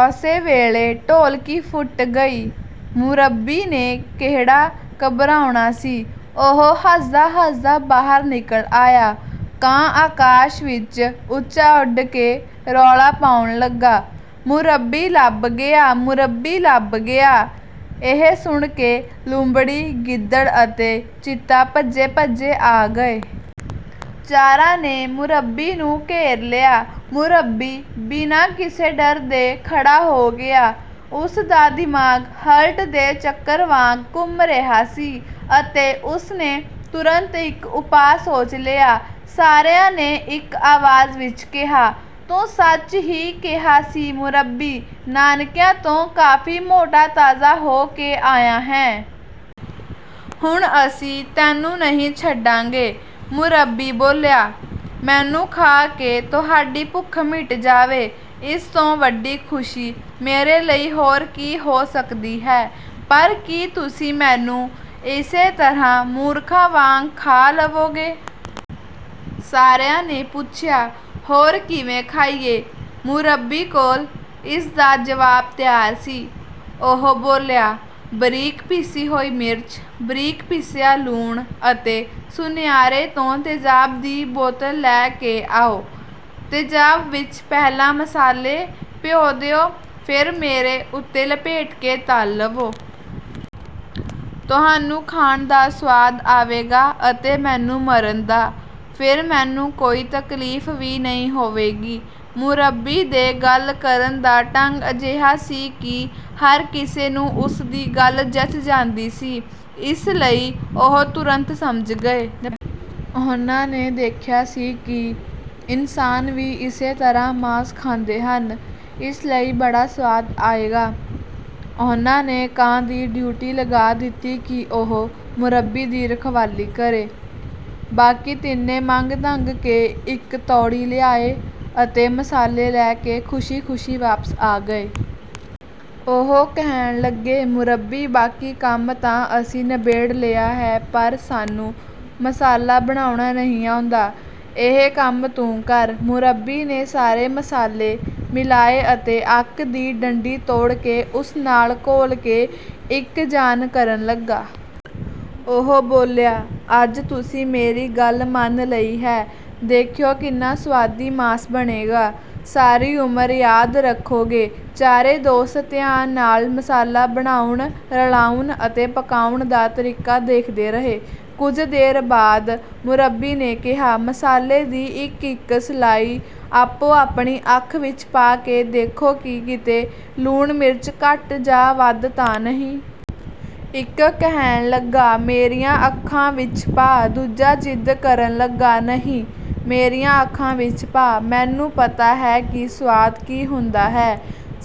ਉਸੇ ਵੇਲੇ ਢੋਲਕੀ ਫੁੱਟ ਗਈ। ਮੁਰੱਬੀ ਨੇ ਕਿਹੜਾ ਘਬਰਾਉਣਾ ਸੀ, ਉਹ ਹੱਸਦਾ-ਹੱਸਦਾ ਬਾਹਰ ਨਿਕਲ ਆਇਆ। ਕਾਂ ਆਕਾਸ਼ ਵਿੱਚ ਉੱਚਾ ਉੱਡ ਕੇ ਰੌਲਾ ਪਾਉਣ ਲੱਗਾ, "ਮੁਰੱਬੀ ਲੱਭ ਗਿਆ, ਮੁਰੱਬੀ ਲੱਭ ਗਿਆ!" ਇਹ ਸੁਣ ਕੇ ਲੂੰਬੜੀ, ਗਿੱਦੜ ਅਤੇ ਚੀਤਾ ਭੱਜੇ-ਭੱਜੇ ਆ ਗਏ। ਚਾਰਾਂ ਨੇ ਮੁਰੱਬੀ ਨੂੰ ਘੇਰ ਲਿਆ। ਮੁਰੱਬੀ ਬਿਨਾਂ ਕਿਸੇ ਡਰ ਦੇ ਖੜ੍ਹਾ ਹੋ ਗਿਆ। ਉਸ ਦਾ ਦਿਮਾਗ ਹਲਟ ਦੇ ਚੱਕਰ ਵਾਂਗ ਘੁੰਮ ਰਿਹਾ ਸੀ ਅਤੇ ਉਸ ਨੇ ਤੁਰੰਤ ਇੱਕ ਉਪਾਅ ਸੋਚ ਲਿਆ। ਸਾਰਿਆਂ ਨੇ ਇੱਕ ਆਵਾਜ਼ ਵਿੱਚ ਕਿਹਾ, "ਤੂੰ ਸੱਚ ਹੀ ਕਿਹਾ ਸੀ ਮੁਰੱਬੀ, ਨਾਨਕਿਆਂ ਤੋਂ ਕਾਫ਼ੀ ਮੋਟਾ-ਤਾਜ਼ਾ ਹੋ ਕੇ ਆਇਆ ਹੈਂ। ਹੁਣ ਅਸੀਂ ਤੈਨੂੰ ਨਹੀਂ ਛੱਡਾਂਗੇ।" ਮੁਰੱਬੀ ਬੋਲਿਆ, "ਮੈਨੂੰ ਖਾ ਕੇ ਤੁਹਾਡੀ ਭੁੱਖ ਮਿਟ ਜਾਵੇ, ਇਸ ਤੋਂ ਵੱਡੀ ਖ਼ੁਸ਼ੀ ਮੇਰੇ ਲਈ ਹੋਰ ਕੀ ਹੋ ਸਕਦੀ ਹੈ! ਪਰ ਕੀ ਤੁਸੀਂ ਮੈਨੂੰ ਇਸੇ ਤਰ੍ਹਾਂ ਮੂਰਖਾਂ ਵਾਂਗ ਖਾ ਲਵੋਗੇ?" ਸਾਰਿਆਂ ਨੇ ਪੁੱਛਿਆ, "ਹੋਰ ਕਿਵੇਂ ਖਾਈਏ?" ਮੁਰੱਬੀ ਕੋਲ ਇਸ ਦਾ ਜਵਾਬ ਤਿਆਰ ਸੀ। ਉਹ ਬੋਲਿਆ, "ਬਰੀਕ ਪੀਸੀ ਹੋਈ ਮਿਰਚ, ਬਰੀਕ ਪੀਸਿਆ ਲੂਣ ਅਤੇ ਸੁਨਿਆਰੇ ਤੋਂ ਤੇਜ਼ਾਬ ਦੀ ਬੋਤਲ ਲੈ ਕੇ ਆਓ। ਤੇਜ਼ਾਬ ਵਿੱਚ ਪਹਿਲਾਂ ਮਸਾਲੇ ਭਿਓਂ ਦਿਓ, ਫਿਰ ਮੇਰੇ ਉੱਤੇ ਲਪੇਟ ਕੇ ਤਲ ਲਵੋ। ਤੁਹਾਨੂੰ ਖਾਣ ਦਾ ਸੁਆਦ ਆਵੇਗਾ ਅਤੇ ਮੈਨੂੰ ਮਰਨ ਦਾ, ਫਿਰ ਮੈਨੂੰ ਕੋਈ ਤਕਲੀਫ਼ ਵੀ ਨਹੀਂ ਹੋਵੇਗੀ।" ਮੁਰੱਬੀ ਦੇ ਗੱਲ ਕਰਨ ਦਾ ਢੰਗ ਅਜਿਹਾ ਸੀ ਕਿ ਹਰ ਕਿਸੇ ਨੂੰ ਉਸ ਦੀ ਗੱਲ ਜਚ ਜਾਂਦੀ ਸੀ, ਇਸ ਲਈ ਉਹ ਤੁਰੰਤ ਸਮਝ ਗਏ। ਉਨ੍ਹਾਂ ਨੇ ਦੇਖਿਆ ਸੀ ਕਿ ਇਨਸਾਨ ਵੀ ਇਸੇ ਤਰ੍ਹਾਂ ਮਾਸ ਖਾਂਦੇ ਹਨ, ਇਸ ਲਈ ਬੜਾ ਸੁਆਦ ਆਵੇਗਾ। ਉਨ੍ਹਾਂ ਨੇ ਕਾਂ ਦੀ ਡਿਊਟੀ ਲਗਾ ਦਿੱਤੀ ਕਿ ਉਹ ਮੁਰੱਬੀ ਦੀ ਰਖਵਾਲੀ ਕਰੇ। ਬਾਕੀ ਤਿੰਨੇ ਮੰਗ-ਤੰਗ ਕੇ ਇੱਕ ਤੌੜੀ ਲਿਆਏ ਅਤੇ ਮਸਾਲੇ ਲੈ ਕੇ ਖ਼ੁਸ਼ੀ-ਖ਼ੁਸ਼ੀ ਵਾਪਸ ਆ ਗਏ। ਉਹ ਕਹਿਣ ਲੱਗੇ, "ਮੁਰੱਬੀ, ਬਾਕੀ ਕੰਮ ਤਾਂ ਅਸੀਂ ਨਬੇੜ ਲਿਆ ਹੈ ਪਰ ਸਾਨੂੰ ਮਸਾਲਾ ਬਣਾਉਣਾ ਨਹੀਂ ਆਉਂਦਾ, ਇਹ ਕੰਮ ਤੂੰ ਕਰ।" ਮੁਰੱਬੀ ਨੇ ਸਾਰੇ ਮਸਾਲੇ ਮਿਲਾਏ ਅਤੇ ਅੱਕ ਦੀ ਡੰਡੀ ਤੋੜ ਕੇ ਉਸ ਨਾਲ ਘੋਲ ਕੇ ਇੱਕ-ਜਾਨ ਕਰਨ ਲੱਗਾ। ਉਹ ਬੋਲਿਆ, "ਅੱਜ ਤੁਸੀਂ ਮੇਰੀ ਗੱਲ ਮੰਨ ਲਈ ਹੈ, ਦੇਖਿਓ ਕਿੰਨਾ ਸੁਆਦੀ ਮਾਸ ਬਣੇਗਾ, ਸਾਰੀ ਉਮਰ ਯਾਦ ਰੱਖੋਗੇ।" ਚਾਰੇ ਦੋਸਤ ਧਿਆਨ ਨਾਲ ਮਸਾਲਾ ਬਣਾਉਣ, ਰਲਾਉਣ ਅਤੇ ਪਕਾਉਣ ਦਾ ਤਰੀਕਾ ਦੇਖਦੇ ਰਹੇ। ਕੁਝ ਦੇਰ ਬਾਅਦ ਮੁਰੱਬੀ ਨੇ ਕਿਹਾ, "ਮਸਾਲੇ ਦੀ ਇੱਕ-ਇੱਕ ਸਲਾਈ ਆਪੋ-ਆਪਣੀ ਅੱਖ ਵਿੱਚ ਪਾ ਕੇ ਦੇਖੋ ਕਿ ਕਿਤੇ ਲੂਣ-ਮਿਰਚ ਘੱਟ ਜਾਂ ਵੱਧ ਤਾਂ ਨਹੀਂ?" ਇੱਕ ਕਹਿਣ ਲੱਗਾ, "ਮੇਰੀਆਂ ਅੱਖਾਂ ਵਿੱਚ ਪਾ", ਦੂਜਾ ਜ਼ਿੱਦ ਕਰਨ ਲੱਗਾ, "ਨਹੀਂ, ਮੇਰੀਆਂ ਅੱਖਾਂ ਵਿੱਚ ਪਾ, ਮੈਨੂੰ ਪਤਾ ਹੈ ਕਿ ਸੁਆਦ ਕੀ ਹੁੰਦਾ ਹੈ।"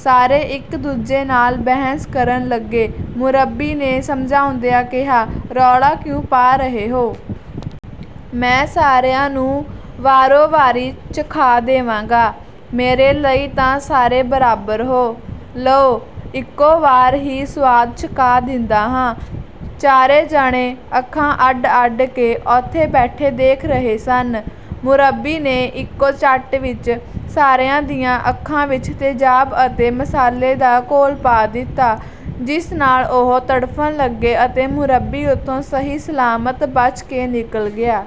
ਸਾਰੇ ਇੱਕ-ਦੂਜੇ ਨਾਲ ਬਹਿਸ ਕਰਨ ਲੱਗੇ। ਮੁਰੱਬੀ ਨੇ ਸਮਝਾਉਂਦਿਆਂ ਕਿਹਾ, "ਰੌਲਾ ਕਿਉਂ ਪਾ ਰਹੇ ਹੋ? ਮੈਂ ਸਾਰਿਆਂ ਨੂੰ ਵਾਰੋ-ਵਾਰੀ ਚਖਾ ਦੇਵਾਂਗਾ। ਮੇਰੇ ਲਈ ਤਾਂ ਸਾਰੇ ਬਰਾਬਰ ਹੋ। ਲਓ, ਇੱਕੋ ਵਾਰ ਹੀ ਸੁਆਦ ਚਖਾ ਦਿੰਦਾ ਹਾਂ।" ਚਾਰੇ ਜਣੇ ਅੱਖਾਂ ਅੱਡ-ਅੱਡ ਕੇ ਉੱਥੇ ਬੈਠੇ ਦੇਖ ਰਹੇ ਸਨ। ਮੁਰੱਬੀ ਨੇ ਇੱਕੋ ਝੱਟ ਵਿੱਚ ਸਾਰਿਆਂ ਦੀਆਂ ਅੱਖਾਂ ਵਿੱਚ ਤੇਜ਼ਾਬ ਅਤੇ ਮਸਾਲੇ ਦਾ ਘੋਲ ਪਾ ਦਿੱਤਾ, ਜਿਸ ਨਾਲ ਉਹ ਤੜਫਣ ਲੱਗੇ ਅਤੇ ਮੁਰੱਬੀ ਉੱਥੋਂ ਸਹੀ-ਸਲਾਮਤ ਬਚ ਕੇ ਨਿਕਲ ਗਿਆ।